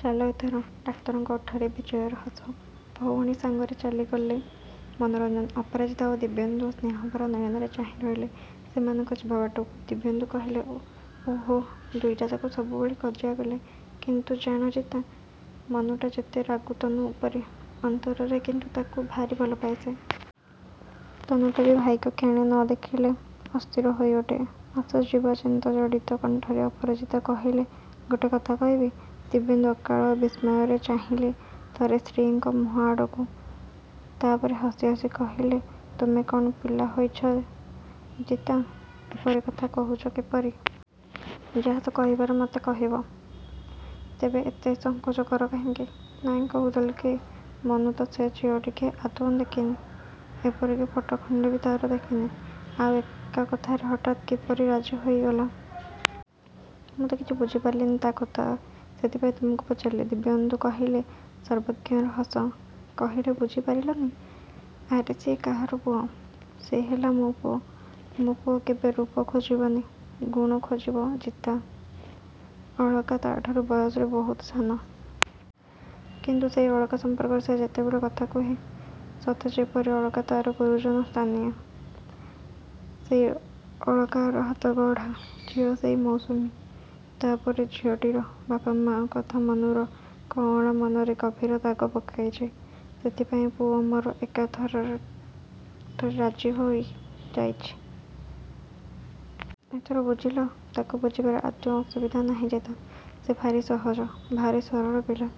ଚାଲ ଏଥର। ଡାକ୍ତରଙ୍କ ଓଠରେ ବିଜୟର ହସ। ଭଉଣୀ ସାଙ୍ଗରେ ଚାଲିଗଲେ ମନୋରଞ୍ଜନ। ଅପରାଜିତା ଓ ଦିବ୍ୟେନ୍ଦୁ ସ୍ନେହଝରା ନୟନରେ ଚାହିଁ ରହିଲେ ସେମାନଙ୍କ ଯିବା ବାଟକୁ। ଦିବ୍ୟେନ୍ଦୁ କହିଲେ ଓହୋଃ, ଦୁଇଟାଯାକ ସବୁବେଳେ କଜିଆ କଲେ। କିନ୍ତୁ ଜାଣ ଜିତା, ମନୁଟା ଯେତେ ରାଗୁ ତନୁ ଉପରେ, ଅନ୍ତରରେ କିନ୍ତୁ ତାକୁ ଭାରି ଭଲପାଏ ସେ। ତନୁଟା ବି। ଭାଇକୁ କ୍ଷଣେ ନଦେଖିଲେ ଅସ୍ଥିର ହୋଇଉଠେ। ଆସ ଯିବା ଚିନ୍ତାଜଡ଼ିତ କଣ୍ଠରେ ଅପରାଜିତା କହିଲେ ଗୋଟେ କଥା କହିବି? ଦିବ୍ୟେନ୍ଦୁ ଅକାଳ ବିସ୍ମୟରେ ଚାହିଁଲେ ଥରେ ସ୍ତ୍ରୀଙ୍କ ମୁହଁଆଡ଼କୁ। ତାପରେ ହସି ହସି କହିଲେ ତୁମେ କ'ଣ ପିଲା ହୋଇଛ ଜିତା। ଏପରି କଥା କୁହ କିପରି? ଯାହା ତ କହିବାର ମତେ କହିବ। ତେବେ ଏତେ ସଙ୍କୋଚ କର କାହିଁକି? ନାଇଁ, କହୁଥିଲି କି ମନୁ ତ ସେ ଝିଅଟିକି ଆଦୌ ଦେଖିନି, ଏପରିକି ଫଟୋ ଖଣ୍ଡେ ବି ତା'ର ଦେଖିନି, ଆଉ ଏକା କଥାରେ ହଠାତ୍ କିପରି ରାଜି ହୋଇଗଲା? ମୁଁ ତ କିଛି ବୁଝିପାରିଲିନି ତା' କଥା, ସେଥିପାଇଁ ତୁମକୁ ପଚାରିଲି। ଦିବ୍ୟେନ୍ଦୁ ହସିଲେ ସର୍ବଜ୍ଞର ହସ। କହିଲେ ବୁଝିପାରିଲନି? ଆରେ ସିଏ କାହାର ପୁଅ! ସେ ହେଲା ମୋ ପୁଅ, ମୋ ପୁଅ କେବେ ରୂପ ଖୋଜିବନି, ଗୁଣ ଖୋଜିବ ଜିତା। ଅଳକା ତାଠାରୁ ବୟସରେ ବହୁତ ସାନ। କିନ୍ତୁ ସେଇ ଅଳକା ସମ୍ପର୍କରେ ସେ ଯେତେବେଳେ କଥା କୁହେ, ସତେଯେପରି ଅଳକା ତା'ର ଗୁରୁଜନ ସ୍ଥାନୀୟା। ସେଇ ଅଳକାର ହାତଗଢ଼ା ଝିଅ ସେଇ ମୌସୁମୀ। ତା'ପରେ ଝିଅଟିର ବାପମାଆ କଥା ମନୁର କଅଁଳା ମନରେ ଗଭୀର ଦାଗ ପକାଇଛି। ସେଥିପାଇଁ ପୁଅ ମୋର ଏକା ଥରରେ ଥରେ ରାଜି ହୋଇଯାଇଛି। ଏଥର ବୁଝିଲ? ତାକୁ ବୁଝିବାରେ ଆଦୌ ଅସୁବିଧା ନାହିଁ ଜିତା। ସେ ଭାରି ସହଜ, ଭାରି ସରଳ ପିଲା।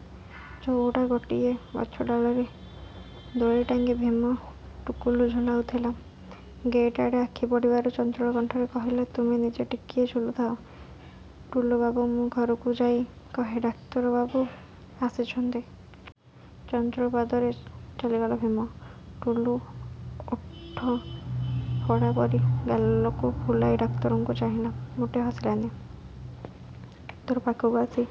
ଚଉଡ଼ା ଗୋଟିଏ ଗଛଡାଳରେ ଦୋଳି ଟାଙ୍ଗି ଭୀମ ଟୁକୁଲୁ ଝୁଲାଉଥିଲା। ଗେଟ୍ ଆଡ଼େ ଆଖିପଡ଼ିବାରୁ ଚଞ୍ଚଳ କଣ୍ଠରେ କହିଲା ତୁମେ ନିଜେ ଟିକିଏ ଝୁଲୁଥାଅ ଟୁଲୁବାବୁ, ମୁଁ ଘରକୁ ଯାଇ କହେ ଡାକ୍ତରବାବୁ ଆସିଛନ୍ତି। ଚଞ୍ଚଳ ପାଦରେ ଚାଲିଗଲା ଭୀମ। ଟୁଲୁ ଓଠ ଫଡ଼ା ପରି ଗାଲକୁ ଫୁଲାଇ ଡାକ୍ତରଙ୍କୁ ଚାହିଁଲା, ମୋଟେ ହସିଲାନି। ଡାକ୍ତର ପାଖକୁ ଆସି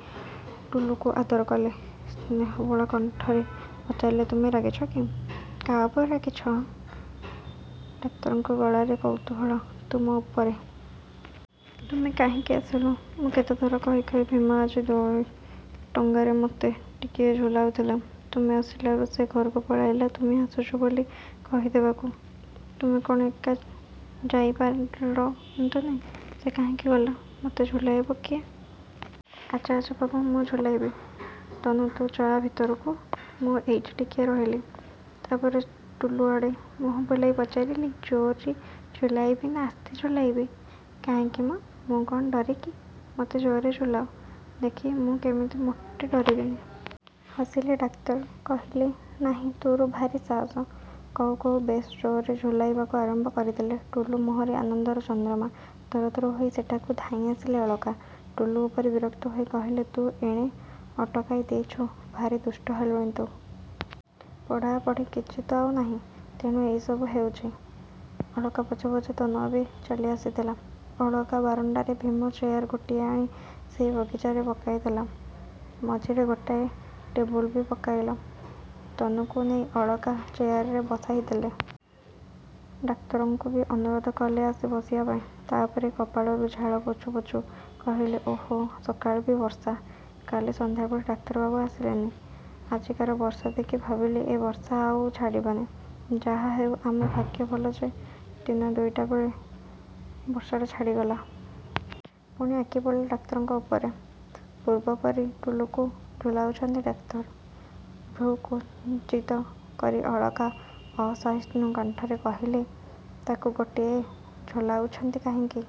ଟୁଲୁକୁ ଆଦର କଲେ। ସ୍ନେହବୋଳା କଣ୍ଠରେ ପଚାରିଲେ, ତୁମେ ରାଗିଛ କି? କାହା ଉପରେ ରାଗିଛ ହଁ? ଡାକ୍ତରଙ୍କ ଗଳାରେ କୌତୂହଳ। ତୁମ ଉପରେ। ତୁମେ କାହିଁକି ଆସିଲ? ମୁଁ କେତେଥର କହି କହି ଭୀମ ଆଜି ଦୋଳି ଟଙ୍ଗାଇ ମୋତେ ଟିକିଏ ଝୁଲାଉଥିଲା। ତୁମେ ଆସିଲାରୁ ସେ ଘରକୁ ପଳାଇଲା ତୁମେ ଆସୁଛ ବୋଲି କହିଦେବାକୁ। ତୁମେ କ'ଣ ଏକା ଯାଇପାରନ୍ତନି? ସେ କାହିଁକି ଗଲା? ମତେ ଝୁଲାଇବ କିଏ? ଆଚ୍ଛା ଆଚ୍ଛା ବାବୁ ମୁଁ ଝୁଲାଇବି। ତନୁ ତୁ ଯାଆ ଭିତରକୁ, ମୁଁ ଏଇଠି ଟିକିଏ ରହିଲି। ତାପରେ ଟୁଲୁଆଡ଼େ ମୁହଁ ବୁଲାଇ ପଚାରିଲି ଜୋରରେ ଝୁଲାଇବି, ନା ଆସ୍ତେ ଝୁଲାଇବି? କାହିଁକି ମଁ, ମୁଁ କ'ଣ ଡରେକି। ମୋତେ ଜୋରରେ ଝୁଲାଅ। ଦେଖିବ ମୁଁ କେମିତି ମୋଟେ ଡରିବିନି। ହସିଲେ ଡାକ୍ତର। କହିଲେ ନାହିଁ ତୋର ଭାରି ସାହସ। କହୁ କହୁ ବେଶ୍ ଜୋରରେ ଝୁଲାଇବାକୁ ଆରମ୍ଭ କରିଦେଲେ। ଟୁଲୁ ମୁହଁରେ ଆନନ୍ଦର ଚନ୍ଦ୍ରମା। ତରତର ହୋଇ ସେଠାକୁ ଧାଇଁଆସିଲେ ଅଳକା। ଟୁଲୁ ଉପରେ ବିରକ୍ତ ହୋଇ କହିଲେ ତୁ ଏଣେ ଅଟକାଇ ଦେଇଛୁ? ଭାରି ଦୁଷ୍ଟ ହେଲୁଣି ତ। ପଢ଼ାପଢ଼ି କିଛି ତ ଆଉ ନାହିଁ। ତେଣୁ ଏଇସବୁ ହେଉଛି। ଅଳକା ପଛେ ପଛେ ତନୁ ବି ଚାଲିଆସିଥିଲା। ଅଳକା ବରାଣ୍ଡାରେ ଭୀମ ଚେୟାର ଗୋଟିଏ ଆଣି ସେଇ ବଗିଚାରେ ପକାଇଦେଲା। ମଝିରେ ଗୋଟାଏ ଟେବୁଲ୍ ବି ପକାଇଲା। ତନୁକୁ ନେଇ ଅଳକା ଚେୟାରରେ ବସାଇଦେଲେ। ଡାକ୍ତରଙ୍କୁ ବି ଅନୁରୋଧ କଲେ ଆସି ବସିବାପାଇଁ। ତାପରେ କପାଳରୁ ଝାଳ ପୋଛୁ ପୋଛୁ କହିଲେ ଓହ, ସକାଳେ ବି ବର୍ଷା! କାଲି ସନ୍ଧ୍ୟାବେଳେ ଡାକ୍ତରବାବୁ ଆସିଲେନି। ଆଜିକାର ବର୍ଷା ଦେଖି ଭାବିଲି ଏ ବର୍ଷା ଆଉ ଛାଡ଼ିବନି। ଯାହାହେଉ ଆମ ଭାଗ୍ୟ ଭଲ ଯେ ଦିନ ଦୁଇଟାବେଳେ ବର୍ଷାଟା ଛାଡ଼ିଗଲା। ପୁଣି ଆଖିପଡ଼ିଲା ଡାକ୍ତରଙ୍କ ଉପରେ। ପୂର୍ବ ପରି ଟୁଲୁକୁ ଝୁଲାଉଛନ୍ତି ଡାକ୍ତର। ଭ୍ରୂକୁଞ୍ଚିତ କରି ଅଳକା ଅସହିଷ୍ଣୁ କଣ୍ଠରେ କହିଲେ ତାକୁ ଗୋଟିଏ ଝୁଲାଉଛନ୍ତି କାହିଁକି?